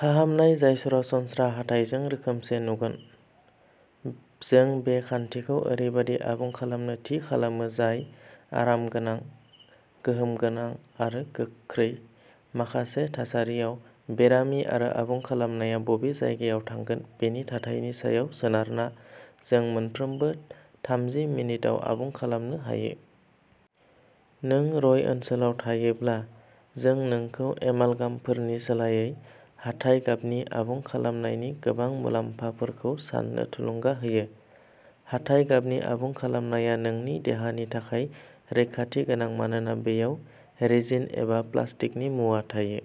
फाहामनाय जाय सरासनस्रा हाथाइजों रोखोमसे नुगोन। जों बे खान्थिखौ ओरैबायदि आबुं खालामनो थि खालामो जाय आरामगोनां, गोहोम गोनां आरो गोख्रै। माखासे थासारियाव, बेरामि आरो आबुं खालामनाया बबे जायगायाव थांगोन बेनि थाथायनि सायाव सोनारना, जों मोनफ्रोम थामजि मिनिटाव आबुं खालामनो हायो। नों रय ओनसोलाव थायोब्ला, जों नोंखौ एमालगामफोरनि सोलायै हाथाइ गाबनि आबुं खालामनायनि गोबां मुलाम्फाफोरखौ सान्नो थुलुंगा होयो। हाथाइ गाबनि आबुं खालामनाया नोंनि देहानि थाखाय रैखाथि गोनां मानोना बेयाव रेजिन एबा प्लास्टिकनि मुवा थायो।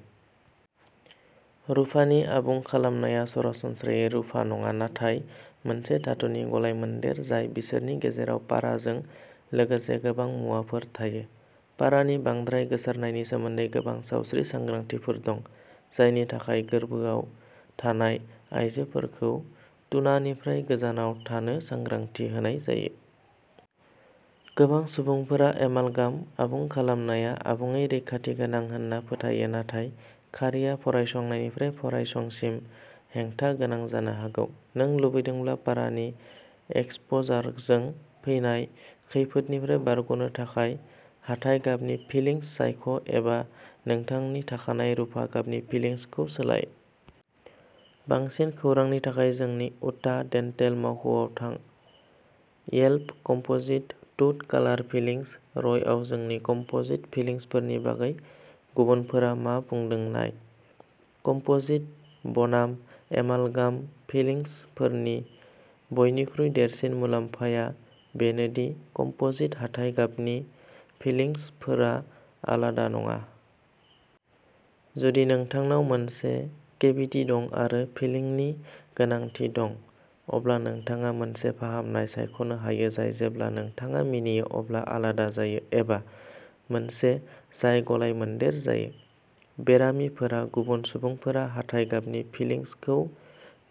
रुफानि आबुं खालामनाया सरासनस्रायै रुफा नङा, नाथाय मोनसे धातुनि गलायमोन्देर जाय बिसोरनि गेजेराव पाराजों लोगोसे गोबां मुवाफोर थायो। पारानि बांद्राय गोसारनायनि सोमोन्दै गोबां सावस्रि सांग्रांथिफोर दं, जायनि थाखाय गोरबोआव थानाय आयजोफोरखौ टुनानिफ्राय गोजानाव थानो सांग्रांथि होनाय जायो। गोबां सुबुंफोरा एमालगाम आबुं खालामनाया आबुङै रैखाथि गोनां होनना फोथायो, नाथाय खारिआ फरायसंनायनिफ्राय फरायसंसिम हेंथा गोनां जानो हागौ। नों लुबैदोंब्ला पारानि एक्सप'जारजों फैनाय खैफोदनिफ्राय बारग'नो थाखाय, हाथाइ गाबनि फिलिंस सायख', एबा नोंथांनि थाखानाय रुफा गाबनि फिलिंसखौ सोलाय। बांसिन खौरांनि थाखाय जोंनि उटाह डेन्टेल मावख'आव थां। Yelp composite tooth colour fillings रयआव जोंनि कम्प'जिट फिलिंसफोरनि बागै गुबुनफोरा मा बुंदों नाय। कम्प'जिट बनाम एमालगाम फिलिंसफोरनि बयनिख्रुइ देरसिन मुलाम्फाया बेनो दि कम्प'जिट हाथाइ गाबनि फिलिंसफोरा आलादा नङा। जुदि नोंथांनाव मोनसे केभिटि दं आरो फिलिंनि गोनांथि दं, अब्ला नोंथाङा मोनसे फाहामनाय सायख'नो हायो जाय जेब्ला नोंथाङा मिनियो अब्ला आलादा जायो एबा मोनसे जाय गलाय-मोनदेर जायो। बेरामिफोरा गुबुन सुबुंफोरा हाथाइ गाबनि फिलिंसखौ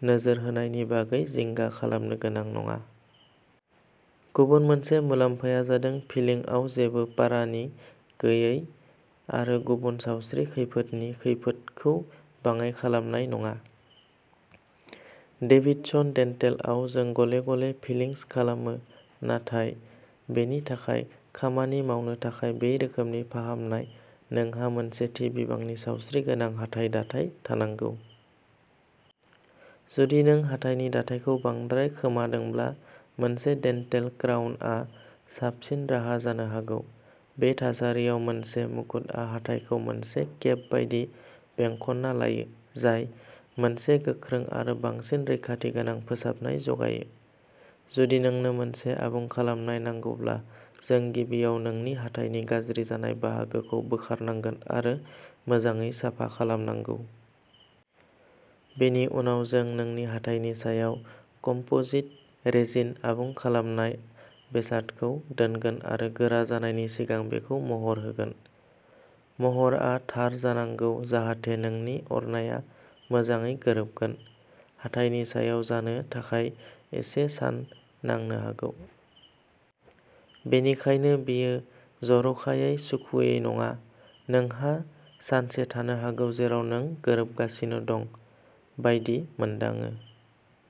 नोजोर होनायनि बागै जिंगा खालामनो गोनां नङा। गुबुन मोनसे मुलाम्फाया जादों फिलिंआव जेबो पारानि गैयै आरो गुबुन सावस्रि खैफोदनि खैफोदखौ बाङाइ खालामनाय नङा। डेभिडसन डेन्टेलाव, जों गले-गले फिलिंस खालामो, नाथाय बेनि थाखाय। खामानि मावनो थाखाय बे रोखोमनि फाहामनाय, नोंहा मोनसे थि बिबांनि सावस्रिगोनां हाथाइ दाथाय थानांगौ। जुदि नों हाथाइनि दाथायखौ बांद्राय खोमादोंब्ला, मोनसे डेन्टेल क्राउनआ साबसिन राहा जानो हागौ। बे थासारियाव, मोनसे मुकुतआ हाथाइखौ मोनसे केप बायदि बेंखनना लायो, जाय मोनसे गोख्रों आरो बांसिन रैखाथि गोनां फोसाबनाय जगायो। जुदि नोंनो मोनसे आबुं खालामनाय नांगौब्ला, जों गिबियाव नोंनि हाथाइनि गाज्रि जानाय बाहागोखौ बोखारनांगोन आरो मोजाङै साफा खालामनांगौ। बेनि उनाव, जों नोंनि हाथाइनि सायाव कम्पोजिट रेजिन आबुं खालामनाय बेसादखौ दोनगोन आरो गोरा जानायनि सिगां बेखौ महर होगोन। महरआ थार जानांगौ जाहाथे नोंनि अरनाया मोजाङै गोरोबगोन। हाथाइनि सायाव जानो थाखाय इसे सान नांनो हागौ। बेनिखायनो, बेयो जर'खायै सुखुयै नङा, नोंहा सानसे थानो हागौ जेराव नों गोरोबगासिनो दं बायदि मोनदाङो।